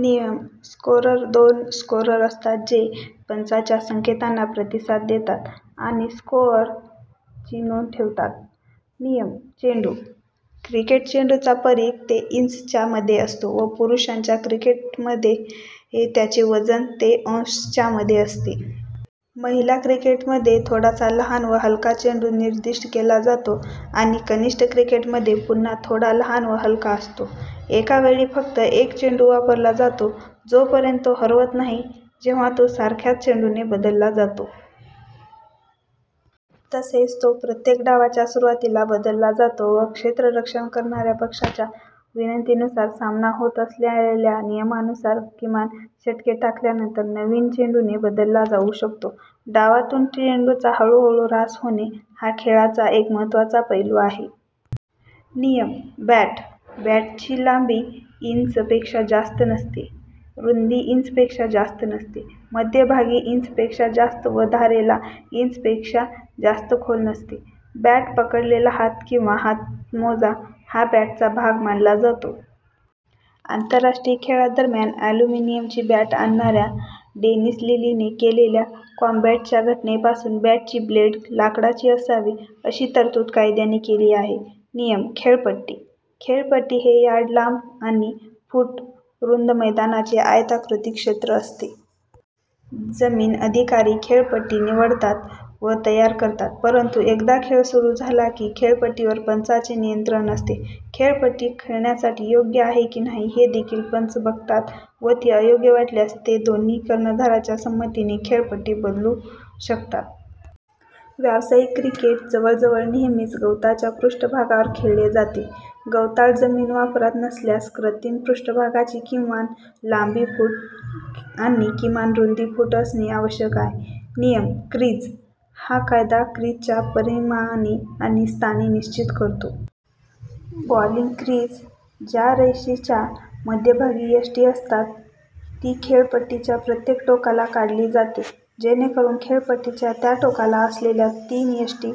नियम: स्कोअरर. दोन स्कोअरर असतात जे पंचांच्या संकेतांना प्रतिसाद देतात आणि स्कोअर ची नोंद ठेवतात. नियम: चेंडू. क्रिकेट चेंडूचा परिघ ते इंच च्या मध्ये असतो व पुरुषांच्या क्रिकेटमध्ये त्याचे वजन ते औंस च्या मध्ये असते. महिला क्रिकेटमध्ये थोडासा लहान व हलका चेंडू निर्दिष्ट केला जातो आणि कनिष्ठ क्रिकेटमध्ये पुन्हा थोडा लहान व हलका असतो. एका वेळी फक्त एक चेंडू वापरला जातो, जोपर्यंत तो हरवत नाही, जेव्हा तो सारख्याच चेंडूने बदलला जातो. तसेच तो प्रत्येक डावाच्या सुरुवातीला बदलला जातो व क्षेत्ररक्षण करणाऱ्या पक्षाच्या विनंतीनुसार, सामना होत असलेल्या नियमांनुसार किमान षटके टाकल्यानंतर, नवीन चेंडूने बदलला जाऊ शकतो. डावांतून चेंडूचा हळूहळू ऱ्हास होणे हा खेळाचा एक महत्त्वाचा पैलू आहे. नियम: बॅट. बॅटची लांबी इंच पेक्षा जास्त नसते, रुंदी इंच पेक्षा जास्त नसते, मध्यभागी इंच पेक्षा जास्त व धारेला इंच पेक्षा जास्त खोल नसते. बॅट पकडलेला हात किंवा हातमोजा हा बॅटचा भाग मानला जातो. आंतरराष्ट्रीय खेळादरम्यान ॲल्युमिनिअमची बॅट आणणाऱ्या डेनिस लिली ने केलेल्या कॉम्बॅटच्या घटनेपासून, बॅटची ब्लेड लाकडाची असावी, अशी तरतूद कायद्याने केली आहे. नियम: खेळपट्टी. खेळपट्टी हे यार्ड लांब आणि फूट रुंद मैदानाचे आयताकृती क्षेत्र असते. जमीन अधिकारी खेळपट्टी निवडतात व तयार करतात, परंतु एकदा खेळ सुरू झाला की खेळपट्टीवर पंचांचे नियंत्रण असते. खेळपट्टी खेळण्यासाठी योग्य आहे की नाही हे देखील पंच बघतात व ती अयोग्य वाटल्यास ते दोन्ही कर्णधारांच्या संमतीने खेळपट्टी बदलू शकतात. व्यावसायिक क्रिकेट जवळजवळ नेहमीच गवताच्या पृष्ठभागावर खेळले जाते. गवताळ जमीन वापरात नसल्यास कृत्रिम पृष्ठभागाची किमान लांबी फूट आणि किमान रुंदी फूट असणे आवश्यक आहे. नियम: क्रीज. हा कायदा क्रीजची परिमाणे आणि स्थाने निश्चित करतो. बॉलिंग क्रीज, ज्या रेषेच्या मध्यभागी यष्टी असतात, ती खेळपट्टीच्या प्रत्येक टोकाला काढली जाते जेणेकरून खेळपट्टीच्या त्या टोकाला असलेल्या तीन यष्टी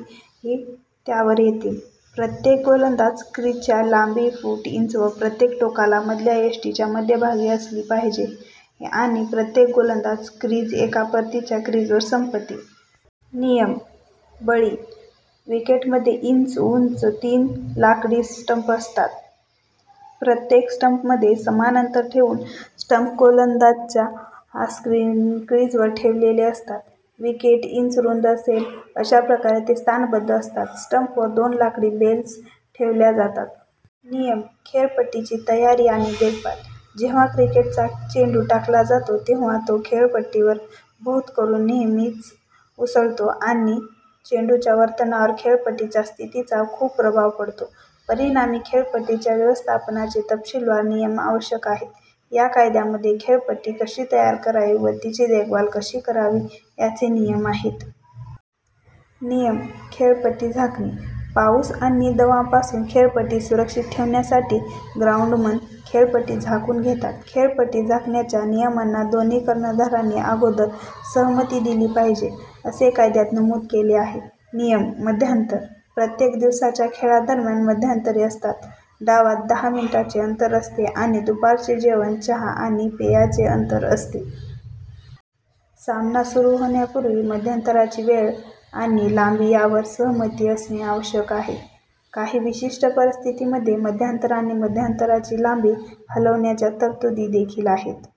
त्यावर येतील. प्रत्येक गोलंदाज क्रीजची लांबी फूट इंच व प्रत्येक टोकाला मधल्या यष्टीच्या मध्यभागी असली पाहिजे, आणि प्रत्येक गोलंदाज क्रीज एका परतीच्या क्रिजवर संपते. नियम: बळी. विकेटमध्ये इंच उंच तीन लाकडी स्टंप असतात. प्रत्येक स्टंपमध्ये समान अंतर ठेवून स्टंप गोलंदाज क्रीजवर ठेवलेले असतात. विकेट इंच रुंद असेल अशा प्रकारे ते स्थानबद्ध असतात. स्टंपवर दोन लाकडी बेल्स ठेवल्या जातात. नियम: खेळपट्टीची तयारी आणि देखभाल. जेव्हा क्रिकेटचा चेंडू टाकला जातो तेव्हा तो खेळपट्टीवर बहुतकरून नेहमीच उसळतो आणि चेंडूच्या वर्तनावर खेळपट्टीच्या स्थितीचा खूप प्रभाव पडतो. परिणामी खेळपट्टीच्या व्यवस्थापनाचे तपशीलवार नियम आवश्यक आहेत. या कायद्यामध्ये खेळपट्टी कशी तयार करावी व तिची देखभाल कशी करावी याचे नियम आहेत. नियम: खेळपट्टी झाकणे. पाऊस आणि दंवापासून खेळपट्टी सुरक्षित ठेवण्यासाठी ग्राउंडमन खेळपट्टी झाकून घेतात. खेळपट्टी झाकण्याच्या नियमांना दोन्ही कर्णधारांनी अगोदर सहमती दिली पाहिजे, असे कायद्यात नमूद केले आहे. नियम: मध्यांतर. प्रत्येक दिवसाच्या खेळादरम्यान मध्यांतरे असतात, डावात दहा मिनिटांचे अंतर असते आणि दुपारचे जेवण, चहा आणि पेयांचे अंतर असते. सामना सुरू होण्यापूर्वी मध्यांतरांची वेळ आणि लांबी यावर सहमती असणे आवश्यक आहे. काही विशिष्ट परिस्थितींमध्ये मध्यांतर आणि मध्यांतराची लांबी हलवण्याच्या तरतुदी देखील आहेत.